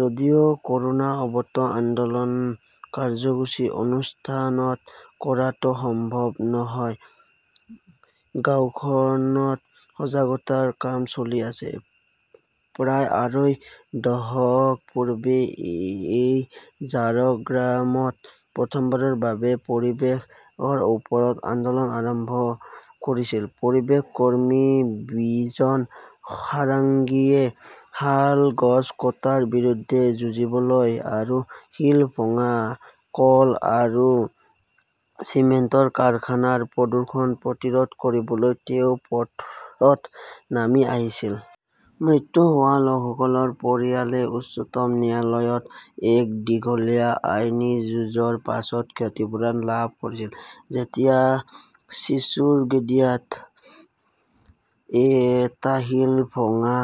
যদিও ক "ৰোনা অৱত আন্দোলন কাৰ্যসূচী অনুষ্ঠিত কৰাটো সম্ভৱ নহয়, গাওঁবোৰত সজাগতাৰ কাম চলি আছে। "প্ৰায় আঢ়ৈ দশক পূৰ্বে এই ঝাৰগ্ৰামত প্ৰথমবাৰৰ বাবে পৰিৱেশৰ ওপৰত আন্দোলন আৰম্ভ কৰিছিল পৰিৱেশ কৰ্মী বিজন সাৰাংগীয়ে। শাল গছ কটাৰ বিৰুদ্ধে যুঁজিবলৈ আৰু শিল ভাঙা কল আৰু চিমেণ্ট কাৰখানাৰ প্ৰদূষণ প্ৰতিৰোধ কৰিবলৈ তেওঁ পথত নামি আহিছিল। মৃত্যু হোৱা লোকসকলৰ পৰিয়ালে উচ্চতম ন্যায়ালয়ত এক দীঘলীয়া আইনী যুঁজৰ পিছত ক্ষতিপূৰণ লাভ কৰিছিল যেতিয়া ছিচুৰগেডিয়াত এটা শিল ভাঙা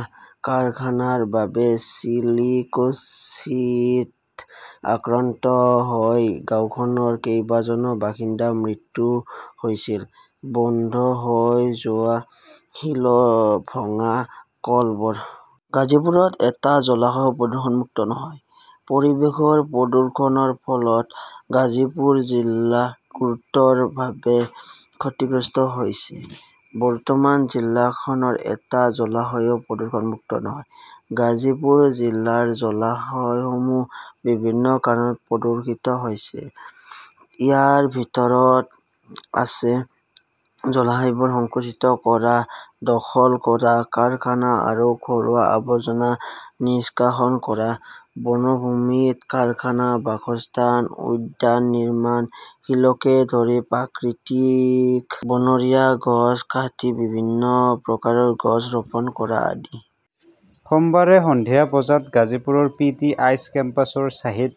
কাৰখানাৰ বাবে চিলিকোচিছত আক্ৰান্ত হৈ গাওঁখনৰ কেইবাজনো বাসিন্দাৰ মৃত্যু হৈছিল। বন্ধ হৈ যোৱা শিল ভাঙা কলবোৰ। গাজীপুৰত এটা জলাশয়ও প্ৰদূষণমুক্ত নহয়। পৰিৱেশৰ প্ৰদূষণৰ ফলত গাজীপুৰ জিলা গুৰুতৰভাৱে ক্ষতিগ্ৰস্ত হৈছে। বৰ্তমান জিলাখনৰ এটা জলাশয়ও প্ৰদূষণমুক্ত নহয়। গাজীপুৰ জিলাৰ জলাশয়সমূহ বিভিন্ন কাৰণত প্ৰদূষিত হৈছে। ইয়াৰ ভিতৰত আছে জলাশয়বোৰ সংকুচিত কৰা, দখল কৰা, কাৰখানা আৰু ঘৰুৱা আৱৰ্জনা নিষ্কাশন কৰা, বনভূমিত কাৰখানা, বাসস্থান, উদ্যান নিৰ্মাণ, শালকে ধৰি প্ৰাকৃতিক বনৰীয়া গছ কাটি বিভিন্ন প্ৰকাৰৰ গছ ৰোপণ কৰা আদি। সোমবাৰে সন্ধিয়া বজাত গাজীপুৰৰ পি. টি. আই. কেম্পাছৰ শ্বাহিদ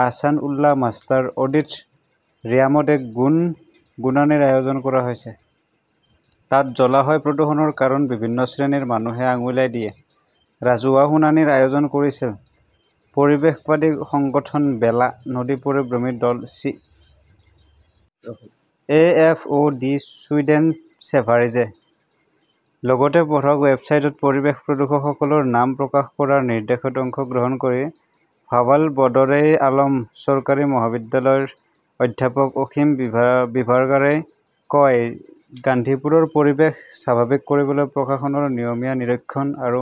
আহছান উল্লা মাষ্টাৰ অডিট "ৰিয়ামত এক গণ শুনানিৰ আয়োজন কৰা হৈছিল। তাত জলাশয় প্ৰদূষণৰ কাৰণ বিভিন্ন শ্ৰেণীৰ মানুহে আঙুলিয়াই দিয়ে। ৰাজহুৱা শুনানিৰ আয়োজন কৰিছিল পৰিৱেশবাদী সংগঠন বেলা, নদী পৰিভ্ৰমী দল, C. A. F. O '. D., Sweden ছেভাৰিজে। লগতে পঢ়কঃ ৱেবছাইটত পৰিৱেশ প্ৰদূষকসকলৰ নাম প্ৰকাশ কৰাৰ নিৰ্দেশত অংশগ্ৰহণ কৰি ভাৱাল বদৰে আলম চৰকাৰী মহাবিদ্যালয়ৰ অধ্যাপক অসীম বিভাকাৰে কয়, "গাজীপুৰৰ পৰিৱেশ স্বাভাৱিক কৰিবলৈ প্ৰশাসনৰ নিয়মীয়া নিৰীক্ষণ আৰু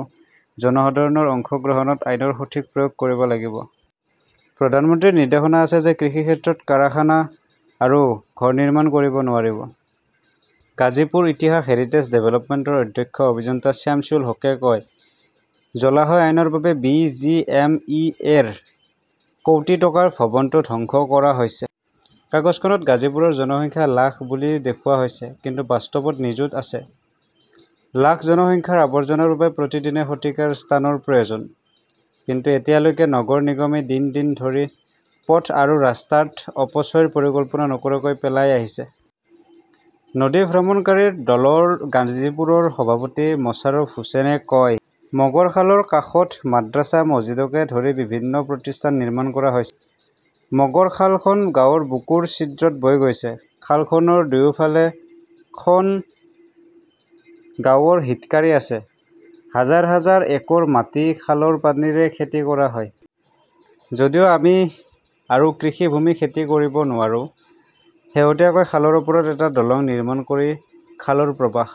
জনসাধাৰণৰ অংশগ্ৰহণত আইনৰ সঠিক প্ৰয়োগ কৰিব লাগিব। প্ৰধানমন্ত্ৰীৰ নিৰ্দেশনা আছে যে কৃষিক্ষেত্ৰত কাৰখানা আৰু ঘৰ নিৰ্মাণ কৰিব নোৱাৰি। "গাজীপুৰ ইতিহাস হেৰিটেজ ডেভেলপমেণ্টৰ অধ্যক্ষ অভিযন্তা শামছুল হুকে কয়", জলাশয় আইনৰ বাবে B. G. M. E. A. -ৰ কোটি টকাৰ ভৱনটো ধ্বংস কৰা হৈছে। কাগজখনত গাজীপুৰৰ জনসংখ্যা লাখ বুলি দেখুওৱা হৈছে। কিন্তু বাস্তৱত নিযুত আছে। লাখ জনসংখ্যাৰ আৱৰ্জনাৰ বাবে প্ৰতিদিনে শতিকাৰ স্থানৰ প্ৰয়োজন। কিন্তু এতিয়ালৈকে নগৰ নিগমে দিন দিন ধৰি পথ আৰু ৰাস্তাত অপচয়ৰ পৰিকল্পনা নকৰাকৈ পেলাই আহিছে। "নদী ভ্ৰমণকাৰী দলৰ গাজীপুৰৰ সভাপতি মোছাৰফ হুচেইনে কয়", "মোগৰখালৰ কাষত মাদ্ৰাজা-মছজিদকে ধৰি বিভিন্ন প্ৰতিষ্ঠান নিৰ্মাণ কৰা হৈছে। " মোগৰখাল খন গাঁৱৰ বুকুৰ ছিদ্ৰত বৈ গৈছে। খালখনৰ দুয়োফালে খন গাঁৱৰ হিতাধিকাৰী আছে। হাজাৰ হাজাৰ একৰ মাটি খালৰ পানীৰে খেতি কৰা হয়। যদিও আমি আৰু কৃষিভূমি খেতি কৰিব নোৱাৰো। শেহতীয়াকৈ খালৰ ওপৰত এটা দলং নিৰ্মাণ কৰি খালৰ প্ৰৱাহ